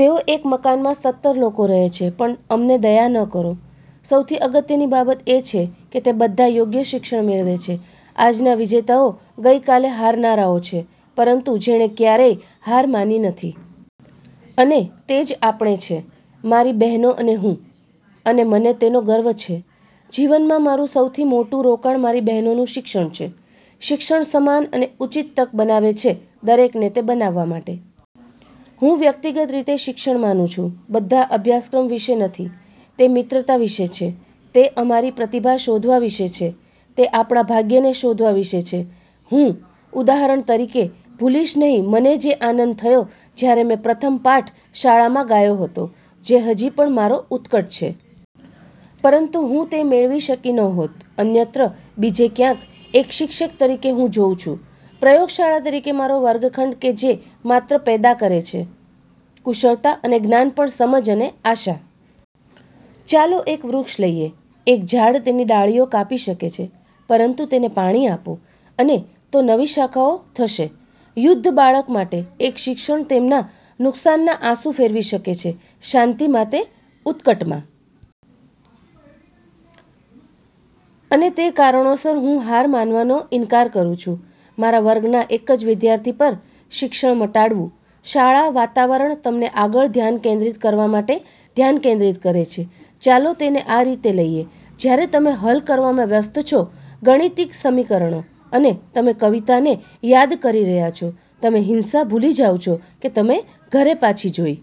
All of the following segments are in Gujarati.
તેઓ એક મકાનમાં સતર લોકો રહે છે. પણ અમને દયા ન કરો. સૌથી અગત્યની બાબત એ છે કે તે બધા યોગ્ય શિક્ષણ મેળવે છે. આજના વિજેતાઓ ગઈકાલે હારનારાઓ છે, પરંતુ જેણે ક્યારેય હાર માની નથી. અને તે જ આપણે છે, મારી બહેનો અને હું. અને મને તેનો ગર્વ છે. જીવનમાં મારું સૌથી મોટું રોકાણ મારી બહેનોનું શિક્ષણ છે. શિક્ષણ સમાન અને ઉચિત તક બનાવે છે દરેકને તે બનાવવા માટે. હું વ્યક્તિગત રીતે શિક્ષણ માનું છું બધા અભ્યાસક્રમ વિશે નથી. તે મિત્રતા વિશે છે. તે અમારી પ્રતિભા શોધવા વિશે છે. તે આપણા ભાગ્યને શોધવા વિશે છે. હું, ઉદાહરણ તરીકે, ભૂલીશ નહીં મને જે આનંદ થયો જ્યારે મેં પ્રથમ પાઠ શાળામાં ગાયો હતો, જે હજી પણ મારો ઉત્કટ છે. પરંતુ હું તે મેળવી શકી ન હોત અન્યત્ર, બીજે ક્યાંક. એક શિક્ષક તરીકે, હું જોઉં છું પ્રયોગશાળા તરીકે મારો વર્ગખંડ કે જે માત્ર પેદા કરે છે કુશળતા અને જ્ઞાન પણ સમજ અને આશા. ચાલો એક વૃક્ષ લઈએ. એક ઝાડ તેની ડાળીઓ કાપી શકે છે, પરંતુ તેને પાણી આપો, અને તો નવી શાખાઓ થશે, યુદ્ધ બાળક માટે, એક શિક્ષણ તેમના નુકસાનના આંસુ ફેરવી શકે છે શાંતિ માટે ઉત્કટ માં. અને તે કારણોસર, હું હાર માનવાનો ઇનકાર કરું છું મારા વર્ગના એક જ વિદ્યાર્થી પર. શિક્ષણ મટાડવું. શાળા વાતાવરણ તમને આગળ ધ્યાન કેન્દ્રિત કરવા માટે ધ્યાન કેન્દ્રિત કરે છે. ચાલો તેને આ રીતે લઈએ: જ્યારે તમે હલ કરવામાં વ્યસ્ત છો ગાણિતિક સમીકરણો, અને તમે કવિતાને યાદ કરી રહ્યા છો, તમે હિંસા ભૂલી જાઓ છો કે તમે ઘરે પાછી જોઈ.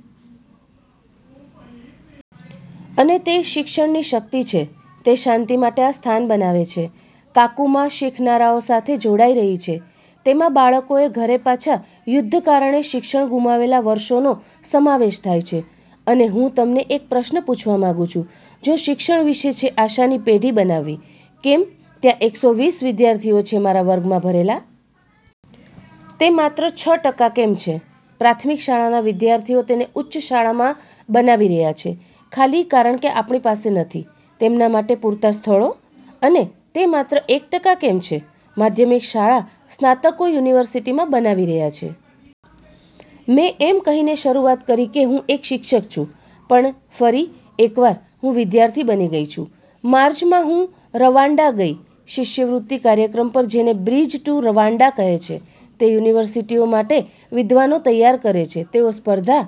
અને તે શિક્ષણની શક્તિ છે. તે શાંતિ માટે આ સ્થાન બનાવે છે. કાકુમા શીખનારાઓ સાથે જોડાઈ રહી છે. તેમાં બાળકોએ ઘરે પાછા યુદ્ધ કારણે શિક્ષણ ગુમાવેલા વર્ષોનો સમાવેશ થાય છે. અને હુંતમને એક પ્રશ્ન પૂછવા માંગું છું: જો શિક્ષણ વિશે છે આશાની પેઢી બનાવવી, કેમ ત્યાં એકસો વીસ વિદ્યાર્થીઓ છે મારા વર્ગમાં ભરેલા? તે માત્ર છ ટકા કેમ છે। પ્રાથમિક શાળાના વિદ્યાર્થીઓ તેને ઉચ્ચ શાળામાં બનાવી રહ્યા છે, ખાલી કારણ કે આપણી પાસે નથી તેમના માટે પૂરતા સ્થળો? અને તે માત્ર એક ટકા કેમ છે માધ્યમિક શાળા સ્નાતકો યુનિવર્સિટીમાં બનાવી રહ્યા છે? મેં એમ કહીને શરૂઆત કરી કે હું એક શિક્ષક છું. પણ ફરી એકવાર, હું વિદ્યાર્થી બની ગઈ છું. માર્ચમાં, હું રવાંડા ગઈ શિષ્યવૃત્તિ કાર્યક્રમ પર જેને "બ્રિજ ટુ રવાંડા" કહે છે. તે યુનિવર્સિટીઓ માટે વિદ્વાનો તૈયાર કરે છે. તેઓ સ્પર્ધા